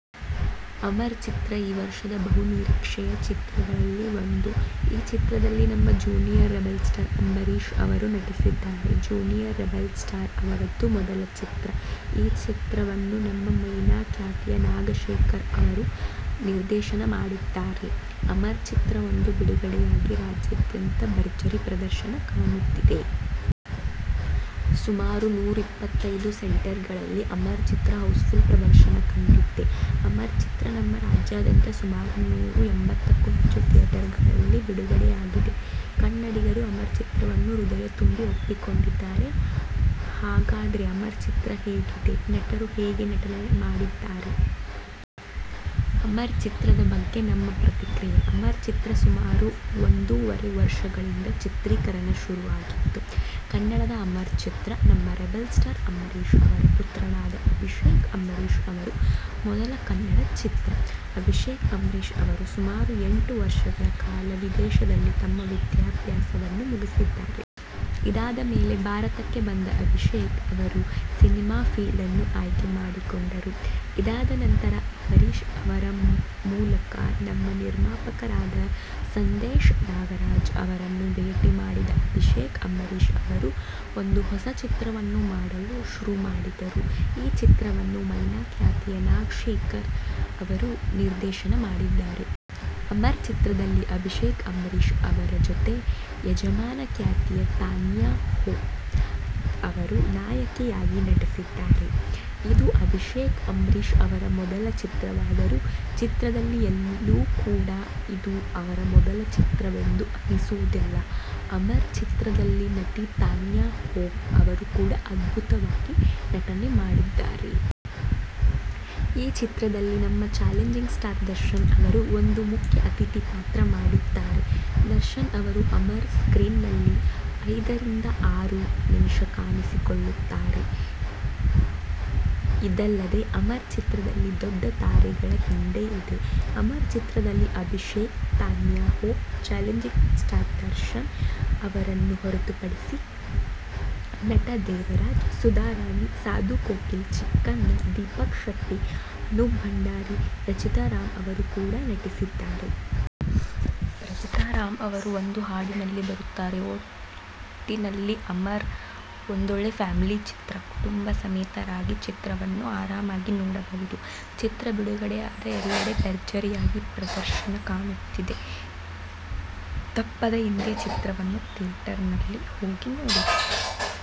ಅಮರ್ ಚಿತ್ರ ಈ ವರ್ಷದ ಬಹು ನಿರೀಕ್ಷೆಯ ಚಿತ್ರಗಳಲ್ಲಿ ಒಂದು! ಈ ಚಿತ್ರದಲ್ಲಿ ನಮ್ಮ ಜೂನಿಯರ್ ರೆಬೆಲ್ ಸ್ಟಾರ್ ಅಂಬರೀಷ್ ಅವರು ನಟಿಸಿದ್ದಾರೆ. ಜೂನಿಯರ್ ರೆಬೆಲ್ ಸ್ಟಾರ್ ಅವರದ್ದು ಮೊದಲ ಚಿತ್ರ. ಈ ಚಿತ್ರವನ್ನು ನಮ್ಮ ಮೈನಾ ಖ್ಯಾತಿಯ ನಾಗಶೇಖರ್ ಅವರು ನಿರ್ದೇಶನ ಮಾಡಿದ್ದಾರೆ. ಅಮರ್ ಚಿತ್ರ ಇಂದು ಬಿಡುಗಡೆ ಆಗಿ ರಾಜ್ಯಾದ್ಯಂತ ಭರ್ಜರಿ ಪ್ರದರ್ಶನ ಕಾಣುತ್ತಿದೆ. ಸುಮಾರು ನೂರ ಇಪ್ಪತ್ತೈದು ಸೆಂಟರ್ ಗಳಲ್ಲಿ ಅಮರ್ ಚಿತ್ರ ಹೌಸ್ ಫುಲ್ ಪ್ರದರ್ಶನ ಕಂಡಿದೆ. ಅಮರ್ ಚಿತ್ರ ನಮ್ಮ ರಾಜ್ಯಾದ್ಯಂತ ಸುಮಾರು ನೂರ ಎಂಬತ್ತಕ್ಕೂ ಹೆಚ್ಚು ಥಿಯೇಟರ್ ಗಳಲ್ಲಿ ಬಿಡುಗಡೆ ಆಗಿದೆ. ಕನ್ನಡಿಗರು ಅಮರ್ ಚಿತ್ರವನ್ನು ಹೃದಯ ತುಂಬಿ ಒಪ್ಪಿಕೊಂಡಿದ್ದಾರೆ. ಹಾಗಾದ್ರೆ ಅಮರ್ ಚಿತ್ರ ಹೇಗಿದೆ, ನಟರು ಹೇಗೆ ನಟನೆ ಮಾಡಿದ್ದಾರೆ? ಅಮರ್ ಚಿತ್ರದ ಬಗ್ಗೆ ನಮ್ಮ ಪ್ರತಿಕ್ರೆಯೆ! ಅಮರ್ ಚಿತ್ರ ಸುಮಾರು ಒಂದೂವರೆ ವರ್ಷಗಳಿಂದ ಚಿತ್ರೀಕರಣ ಶುರು ಆಗಿತ್ತು. ಕನ್ನಡದ ಅಮರ್ ಚಿತ್ರ, ನಮ್ಮ ರೆಬೆಲ್ ಸ್ಟಾರ್ ಅಂಬರೀಷ್ ಅವರ ಪುತ್ರನಾದ ಅಭಿಷೇಕ್ ಅಂಬರೀಷ್ ಅವರ ಮೊದಲ ಕನ್ನಡ ಚಿತ್ರ. ಅಭಿಷೇಕ್ ಅಂಬರೀಷ್ ಅವರು ಸುಮಾರು ಎಂಟು ವರ್ಷಗಳ ಕಾಲ ವಿದೇಶದಲ್ಲಿ ತಮ್ಮ ವಿದ್ಯಾಭ್ಯಾಸ ವನ್ನು ಮುಗಿಸಿದ್ದಾರೆ. ಇದಾದ ಮೇಲೆ ಭಾರತಕ್ಕೆ ಬಂದ ಅಭಿಷೇಕ್ ಅವರು ಸಿನಿಮಾ ಫೀಲ್ಡನ್ನು ಆಯ್ಕೆ ಮಾಡಿಕೊಂಡರು. ಇದಾದ ನಂತರ ಅಂಬರೀಷ್ ಅವರ ಮೂಲಕ ನಮ್ಮ ನಿರ್ಮಾಪಕರಾದ ಸಂದೇಶ್ ನಾಗರಾಜ್ ಅವರನ್ನು ಭೇಟಿ ಮಾಡಿದ ಅಭಿಷೇಕ್ ಅಂಬರೀಷ್ ಅವರು ಒಂದು ಹೊಸ ಚಿತ್ರವನ್ನು ಮಾಡಲು ಶುರು ಮಾಡಿದರು. ಈ ಚಿತ್ರವನ್ನು ಮೈನಾ ಖ್ಯಾತಿಯ ನಾಗಶೇಖರ್ ಅವರು ನಿರ್ದೇಶನ ಮಾಡಿದ್ದಾರೆ. ಅಮರ್ ಚಿತ್ರದಲ್ಲಿ ಅಭಿಷೇಕ್ ಅಂಬರೀಷ್ ಅವರ ಜೊತೆ, ಯಜಮಾನ ಖ್ಯಾತಿಯ ತಾನ್ಯಾ ಹೋಪ್ ಅವರು ನಾಯಕಿ ಯಾಗಿ ನಟಿಸಿದ್ದಾರೆ. ಇದು ಅಭಿಷೇಕ್ ಅಂಬರೀಷ್ ಅವರ ಮೊದಲ ಚಿತ್ರವಾದರೂ, ಚಿತ್ರದಲ್ಲಿ ಎಲ್ಲೂ ಕೂಡ ಇದು ಅವರ ಮೊದಲ ಚಿತ್ರ ವೆಂದು ಅನಿಸುವುದಿಲ್ಲ ಅಮರ್ ಚಿತ್ರದಲ್ಲಿ ನಟಿ ತಾನ್ಯಾ ಹೋಪ್ ಅವರು ಕೂಡ ಅದ್ಭುತವಾಗಿ ನಟನೆ ಮಾಡಿದ್ದಾರೆ. ಈ ಚಿತ್ರದಲ್ಲಿ ನಮ್ಮ ಚಾಲೆಂಜಿಂಗ್ ಸ್ಟಾರ್ ದರ್ಶನ್ ಅವರು ಒಂದು ಮುಖ್ಯ ಅತಿಥಿ ಪಾತ್ರ ಮಾಡಿದ್ದಾರೆ. ದರ್ಶನ್ ಅವರು ಅಮರ್ ಸ್ಕ್ರೀನ್ ನಲ್ಲಿ ಐದ ರಿಂದ ಆರು ನಿಮಿಷ ಕಾಣಿಸಿಕೊಳ್ಳುತ್ತಾರೆ. ಇದಲ್ಲದೆ ಅಮರ್ ಚಿತ್ರದಲ್ಲಿ ದೊಡ್ಡ ತಾರೆಗಳ ಹಿಂಡೇ ಇದೆ. ಅಮರ್ ಚಿತ್ರದಲ್ಲಿ Abhishek, Tanya Hope, challenging star Darshan ಅವರನ್ನು ಹೊರೆತುಪಡಿಸಿ ನಟ ದೇವರಾಜ್, ಸುಧಾ ರಾಣಿ, ಸಾಧು ಕೋಕಿಲ, ಚಿಕ್ಕಣ್ಣ, ದೀಪಕ್ ಶೆಟ್ಟಿ, ಅನೂಪ್ ಭಂಡಾರಿ, ರಚಿತಾ ರಾಮ್ ಅವರು ಕೂಡ ನಟಿಸಿದ್ದಾರೆ. ರಚಿತಾ ರಾಮ್ ಅವರು ಒಂದು ಹಾಡಿನಲ್ಲಿ ಬರುತ್ತಾರೆ. ಒಟ್ಟಿನಲ್ಲಿ ಅಮರ್ ಒಂದೊಳ್ಳೆ ಫ್ಯಾಮಿಲಿ ಚಿತ್ರ. ಕುಟುಂಬಸಮೇತರಾಗಿ ಚಿತ್ರವನ್ನು ಆರಾಮಾಗಿ ನೋಡಬಹುದು. ಚಿತ್ರ ಬಿಡುಗಡೆ ಆದ ಎಲ್ಲೆಡೆ ಭರ್ಜರಿ ಆಗಿ ಪ್ರದರ್ಶನ ಕಾಣುತ್ತಿದೆ! ತಪ್ಪದೆ ಇಂದೇ ಚಿತ್ರವನ್ನು ಥಿಯೇಟರ್ ನಲ್ಲಿ ಹೋಗಿ ನೋಡಿರಿ!